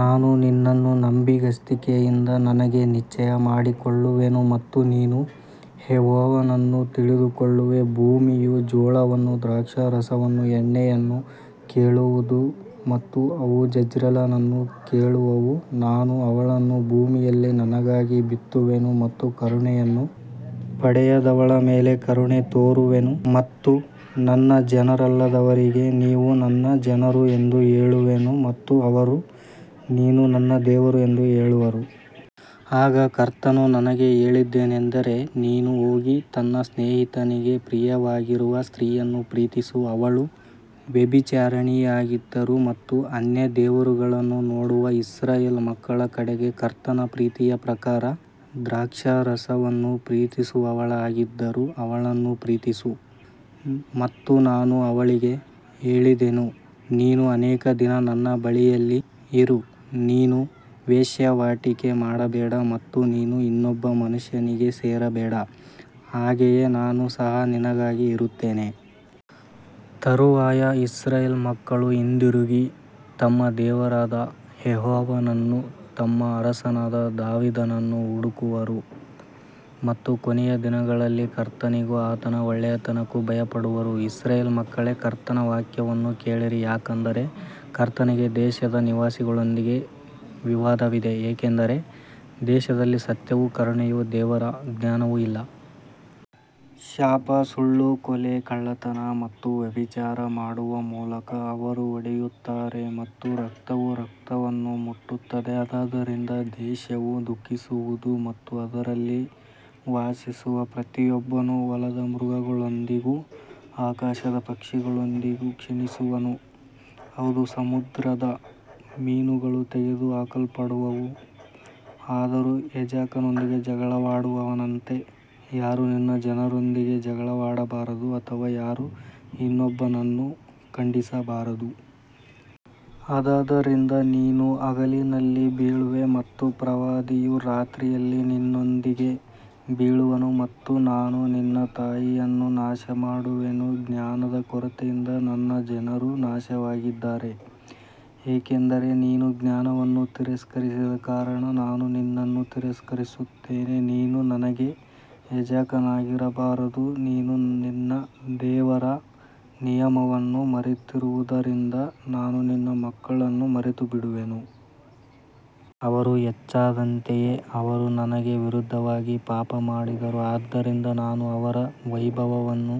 ನಾನು ನಿನ್ನನ್ನು ನಂಬಿಗಸ್ತಿಕೆಯಿಂದ ನನಗೆ ನಿಶ್ಚಯಮಾಡಿಕೊಳ್ಳುವೆನು ಮತ್ತು ನೀನು ಯೆಹೋವನನ್ನು ತಿಳಿದುಕೊಳ್ಳುವೆ. ಭೂಮಿಯು ಜೋಳವನ್ನೂ ದ್ರಾಕ್ಷಾರಸವನ್ನೂ ಎಣ್ಣೆಯನ್ನೂ ಕೇಳುವುದು ಮತ್ತು ಅವು ಜೆಜ್ರೇಲನನ್ನು ಕೇಳುವವು. ನಾನು ಅವಳನ್ನು ಭೂಮಿಯಲ್ಲಿ ನನಗಾಗಿ ಬಿತ್ತುವೆನು ಮತ್ತು ಕರುಣೆಯನ್ನು ಪಡೆಯದವಳ ಮೇಲೆ ಕರುಣೆ ತೋರುವೆನು ಮತ್ತು ನನ್ನ ಜನರಲ್ಲದವರಿಗೆ, ನೀವು ನನ್ನ ಜನರು ಎಂದು ಹೇಳುವೆನು ಮತ್ತು ಅವರು, ನೀನು ನನ್ನ ದೇವರು ಎಂದು ಹೇಳುವರು. ಆಗ ಕರ್ತನು ನನಗೆ ಹೇಳಿದ್ದೇನೆಂದರೆ, ನೀನು ಹೋಗಿ ತನ್ನ ಸ್ನೇಹಿತನಿಗೆ ಪ್ರಿಯವಾಗಿರುವ ಸ್ತ್ರೀಯನ್ನು ಪ್ರೀತಿಸು, ಅವಳು ವ್ಯಭಿಚಾರಿಣಿಯಾಗಿದ್ದರೂ ಮತ್ತು ಅನ್ಯ ದೇವರುಗಳನ್ನು ನೋಡುವ ಇಸ್ರಾಯೇಲ್ ಮಕ್ಕಳ ಕಡೆಗೆ ಕರ್ತನ ಪ್ರೀತಿಯ ಪ್ರಕಾರ ದ್ರಾಕ್ಷಾರಸವನ್ನು ಪ್ರೀತಿಸುವವಳಾಗಿದ್ದರೂ ಅವಳನ್ನು ಪ್ರೀತಿಸು. ಮತ್ತು ನಾನು ಅವಳಿಗೆ ಹೇಳಿದೆನು, ನೀನು ಅನೇಕ ದಿನ ನನ್ನ ಬಳಿಯಲ್ಲಿ ಇರು, ನೀನು ವೇಶ್ಯಾವಾಟಿಕೆ ಮಾಡಬೇಡ ಮತ್ತು ನೀನು ಇನ್ನೊಬ್ಬ ಮನುಷ್ಯನಿಗೆ ಸೇರಬೇಡ, ಹಾಗೆಯೇ ನಾನು ಸಹ ನಿನಗಾಗಿ ಇರುತ್ತೇನೆ. ತರುವಾಯ ಇಸ್ರಾಯೇಲ್ ಮಕ್ಕಳು ಹಿಂದಿರುಗಿ ತಮ್ಮ ದೇವರಾದ ಯೆಹೋವನನ್ನೂ ತಮ್ಮ ಅರಸನಾದ ದಾವೀದನನ್ನೂ ಹುಡುಕುವರು ಮತ್ತು ಕೊನೆಯ ದಿನಗಳಲ್ಲಿ ಕರ್ತನಿಗೂ ಆತನ ಒಳ್ಳೆಯತನಕ್ಕೂ ಭಯಪಡುವರು. ಇಸ್ರಾಯೇಲ್ ಮಕ್ಕಳೇ, ಕರ್ತನ ವಾಕ್ಯವನ್ನು ಕೇಳಿರಿ, ಯಾಕಂದರೆ ಕರ್ತನಿಗೆ ದೇಶದ ನಿವಾಸಿಗಳೊಂದಿಗೆ ವಿವಾದವಿದೆ, ಏಕೆಂದರೆ ದೇಶದಲ್ಲಿ ಸತ್ಯವೂ ಕರುಣೆಯೂ ದೇವರ ಜ್ಞಾನವೂ ಇಲ್ಲ. ಶಾಪ, ಸುಳ್ಳು, ಕೊಲೆ, ಕಳ್ಳತನ ಮತ್ತು ವ್ಯಭಿಚಾರ ಮಾಡುವ ಮೂಲಕ ಅವರು ಒಡೆಯುತ್ತಾರೆ ಮತ್ತು ರಕ್ತವು ರಕ್ತವನ್ನು ಮುಟ್ಟುತ್ತದೆ. ಆದದರಿಂದ ದೇಶವು ದುಃಖಿಸುವುದು ಮತ್ತು ಅದರಲ್ಲಿ ವಾಸಿಸುವ ಪ್ರತಿಯೊಬ್ಬನು ಹೊಲದ ಮೃಗಗಳೊಂದಿಗೂ ಆಕಾಶದ ಪಕ್ಷಿಗಳೊಂದಿಗೂ ಕ್ಷೀಣಿಸುವನು, ಹೌದು, ಸಮುದ್ರದ ಮೀನುಗಳೂ ತೆಗೆದುಹಾಕಲ್ಪಡುವವು. ಆದರೂ ಯಾಜಕನೊಂದಿಗೆ ಜಗಳವಾಡುವವನಂತೆ ಯಾರೂ ನಿನ್ನ ಜನರೊಂದಿಗೆ ಜಗಳವಾಡಬಾರದು ಅಥವಾ ಯಾರೂ ಇನ್ನೊಬ್ಬನನ್ನು ಖಂಡಿಸಬಾರದು. ಆದದರಿಂದ ನೀನು ಹಗಲಿನಲ್ಲಿ ಬೀಳುವೆ ಮತ್ತು ಪ್ರವಾದಿಯೂ ರಾತ್ರಿಯಲ್ಲಿ ನಿನ್ನೊಂದಿಗೆ ಬೀಳುವನು ಮತ್ತು ನಾನು ನಿನ್ನ ತಾಯಿಯನ್ನು ನಾಶಮಾಡುವೆನು. ಜ್ಞಾನದ ಕೊರತೆಯಿಂದ ನನ್ನ ಜನರು ನಾಶವಾಗಿದ್ದಾರೆ, ಏಕೆಂದರೆ ನೀನು ಜ್ಞಾನವನ್ನು ತಿರಸ್ಕರಿಸಿದ ಕಾರಣ ನಾನು ನಿನ್ನನ್ನು ತಿರಸ್ಕರಿಸುತ್ತೇನೆ, ನೀನು ನನಗೆ ಯಾಜಕನಾಗಿರಬಾರದು. ನೀನು ನಿನ್ನ ದೇವರ ನಿಯಮವನ್ನು ಮರೆತಿರುವುದರಿಂದ ನಾನು ನಿನ್ನ ಮಕ್ಕಳನ್ನೂ ಮರೆತುಬಿಡುವೆನು. ಅವರು ಹೆಚ್ಚಾದಂತೆಯೇ ಅವರು ನನಗೆ ವಿರುದ್ಧವಾಗಿ ಪಾಪಮಾಡಿದರು, ಆದ್ದರಿಂದ ನಾನು ಅವರ ವೈಭವವನ್ನು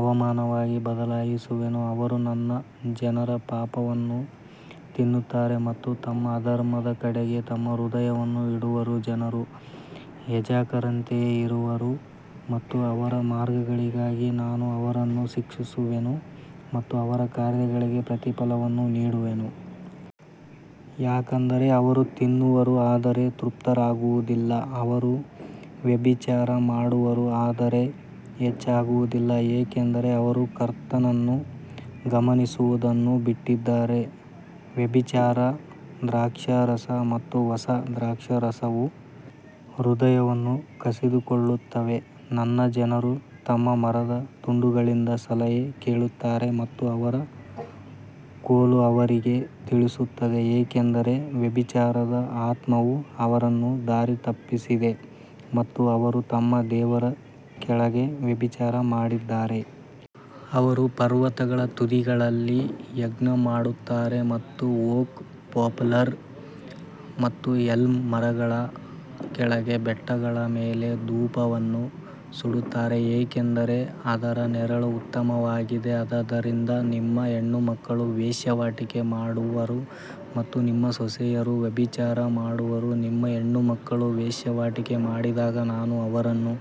ಅವಮಾನವಾಗಿ ಬದಲಾಯಿಸುವೆನು. ಅವರು ನನ್ನ ಜನರ ಪಾಪವನ್ನು ತಿನ್ನುತ್ತಾರೆ ಮತ್ತು ತಮ್ಮ ಅಧರ್ಮದ ಕಡೆಗೆ ತಮ್ಮ ಹೃದಯವನ್ನು ಇಡುವರು. ಜನರು ಯಾಜಕರಂತೆಯೇ ಇರುವರು ಮತ್ತು ಅವರ ಮಾರ್ಗಗಳಿಗಾಗಿ ನಾನು ಅವರನ್ನು ಶಿಕ್ಷಿಸುವೆನು ಮತ್ತು ಅವರ ಕಾರ್ಯಗಳಿಗೆ ಪ್ರತಿಫಲವನ್ನು ನೀಡುವೆನು. ಯಾಕಂದರೆ ಅವರು ತಿನ್ನುವರು, ಆದರೆ ತೃಪ್ತರಾಗುವುದಿಲ್ಲ. ಅವರು ವ್ಯಭಿಚಾರ ಮಾಡುವರು, ಆದರೆ ಹೆಚ್ಚಾಗುವುದಿಲ್ಲ, ಏಕೆಂದರೆ ಅವರು ಕರ್ತನನ್ನು ಗಮನಿಸುವುದನ್ನು ಬಿಟ್ಟಿದ್ದಾರೆ. ವ್ಯಭಿಚಾರ, ದ್ರಾಕ್ಷಾರಸ ಮತ್ತು ಹೊಸ ದ್ರಾಕ್ಷಾರಸವು ಹೃದಯವನ್ನು ಕಸಿದುಕೊಳ್ಳುತ್ತವೆ. ನನ್ನ ಜನರು ತಮ್ಮ ಮರದ ತುಂಡುಗಳಿಂದ ಸಲಹೆ ಕೇಳುತ್ತಾರೆ ಮತ್ತು ಅವರ ಕೋಲು ಅವರಿಗೆ ತಿಳಿಸುತ್ತದೆ, ಏಕೆಂದರೆ ವ್ಯಭಿಚಾರದ ಆತ್ಮವು ಅವರನ್ನು ದಾರಿತಪ್ಪಿಸಿದೆ ಮತ್ತು ಅವರು ತಮ್ಮ ದೇವರ ಕೆಳಗೆ ವ್ಯಭಿಚಾರ ಮಾಡಿದ್ದಾರೆ. ಅವರು ಪರ್ವತಗಳ ತುದಿಗಳಲ್ಲಿ ಯಜ್ಞಮಾಡುತ್ತಾರೆ ಮತ್ತು ಓಕ್, ಪೋಪ್ಲರ್ ಮತ್ತು ಎಲ್ಮ್ ಮರಗಳ ಕೆಳಗೆ ಬೆಟ್ಟಗಳ ಮೇಲೆ ಧೂಪವನ್ನು ಸುಡುತ್ತಾರೆ, ಏಕೆಂದರೆ ಅದರ ನೆರಳು ಉತ್ತಮವಾಗಿದೆ. ಆದದರಿಂದ ನಿಮ್ಮ ಹೆಣ್ಣುಮಕ್ಕಳು ವೇಶ್ಯಾವಾಟಿಕೆ ಮಾಡುವರು ಮತ್ತು ನಿಮ್ಮ ಸೊಸೆಯರು ವ್ಯಭಿಚಾರ ಮಾಡುವರು. ನಿಮ್ಮ ಹೆಣ್ಣುಮಕ್ಕಳು ವೇಶ್ಯಾವಾಟಿಕೆ ಮಾಡಿದಾಗ ನಾನು ಅವರನ್ನು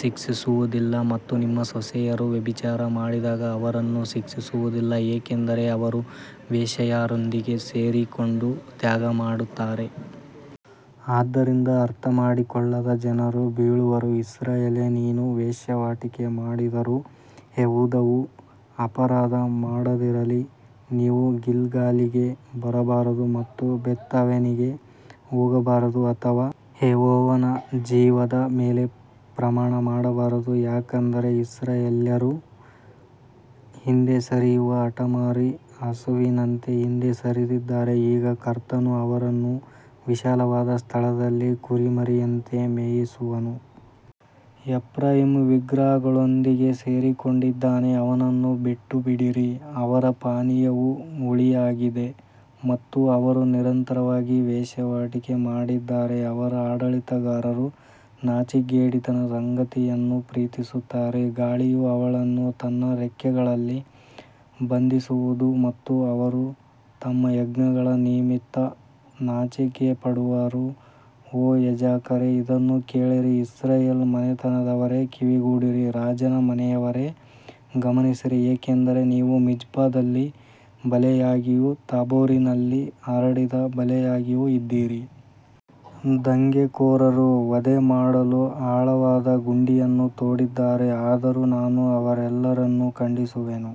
ಶಿಕ್ಷಿಸುವುದಿಲ್ಲ ಮತ್ತು ನಿಮ್ಮ ಸೊಸೆಯರು ವ್ಯಭಿಚಾರ ಮಾಡಿದಾಗ ಅವರನ್ನು ಶಿಕ್ಷಿಸುವುದಿಲ್ಲ, ಏಕೆಂದರೆ ಅವರು ವೇಶ್ಯೆಯರೊಂದಿಗೆ ಸೇರಿಕೊಂಡು ತ್ಯಾಗಮಾಡುತ್ತಾರೆ. ಆದ್ದರಿಂದ ಅರ್ಥಮಾಡಿಕೊಳ್ಳದ ಜನರು ಬೀಳುವರು. ಇಸ್ರಾಯೇಲೇ, ನೀನು ವೇಶ್ಯಾವಾಟಿಕೆ ಮಾಡಿದರೂ ಯೆಹೂದವು ಅಪರಾಧ ಮಾಡದಿರಲಿ. ನೀವು ಗಿಲ್ಗಾಲಿಗೆ ಬರಬಾರದು ಮತ್ತು ಬೇತ್‌ಆವೆನಿಗೆ ಹೋಗಬಾರದು ಅಥವಾ ಯೆಹೋವನ ಜೀವದ ಮೇಲೆ ಪ್ರಮಾಣ ಮಾಡಬಾರದು. ಯಾಕಂದರೆ ಇಸ್ರಾಯೇಲ್ಯರು ಹಿಂದೆ ಸರಿಯುವ ಹಠಮಾರಿ ಹಸುವಿನಂತೆ ಹಿಂದೆ ಸರಿದಿದ್ದಾರೆ. ಈಗ ಕರ್ತನು ಅವರನ್ನು ವಿಶಾಲವಾದ ಸ್ಥಳದಲ್ಲಿ ಕುರಿಮರಿಯಂತೆ ಮೇಯಿಸುವನು. ಎಫ್ರಾಯೀಮ್ ವಿಗ್ರಹಗಳೊಂದಿಗೆ ಸೇರಿಕೊಂಡಿದ್ದಾನೆ, ಅವನನ್ನು ಬಿಟ್ಟುಬಿಡಿರಿ. ಅವರ ಪಾನೀಯವು ಹುಳಿಯಾಗಿದೆ ಮತ್ತು ಅವರು ನಿರಂತರವಾಗಿ ವೇಶ್ಯಾವಾಟಿಕೆ ಮಾಡಿದ್ದಾರೆ. ಅವರ ಆಡಳಿತಗಾರರು ನಾಚಿಕೆಗೇಡಿನ ಸಂಗತಿಯನ್ನು ಪ್ರೀತಿಸುತ್ತಾರೆ. ಗಾಳಿಯು ಅವಳನ್ನು ತನ್ನ ರೆಕ್ಕೆಗಳಲ್ಲಿ ಬಂಧಿಸುವುದು ಮತ್ತು ಅವರು ತಮ್ಮ ಯಜ್ಞಗಳ ನಿಮಿತ್ತ ನಾಚಿಕೆಪಡುವರು. ಓ ಯಾಜಕರೇ, ಇದನ್ನು ಕೇಳಿರಿ, ಇಸ್ರಾಯೇಲ್ ಮನೆತನದವರೇ, ಕಿವಿಗೊಡಿರಿ, ರಾಜನ ಮನೆಯವರೇ, ಗಮನಿಸಿರಿ, ಏಕೆಂದರೆ ನೀವು ಮಿಜ್ಪಾದಲ್ಲಿ ಬಲೆಯಾಗಿಯೂ ತಾಬೋರಿನಲ್ಲಿ ಹರಡಿದ ಬಲೆಯಾಗಿಯೂ ಇದ್ದೀರಿ. ದಂಗೆಕೋರರು ವಧೆ ಮಾಡಲು ಆಳವಾದ ಗುಂಡಿಯನ್ನು ತೋಡಿದ್ದಾರೆ, ಆದರೂ ನಾನು ಅವರೆಲ್ಲರನ್ನು ಖಂಡಿಸುವೆನು.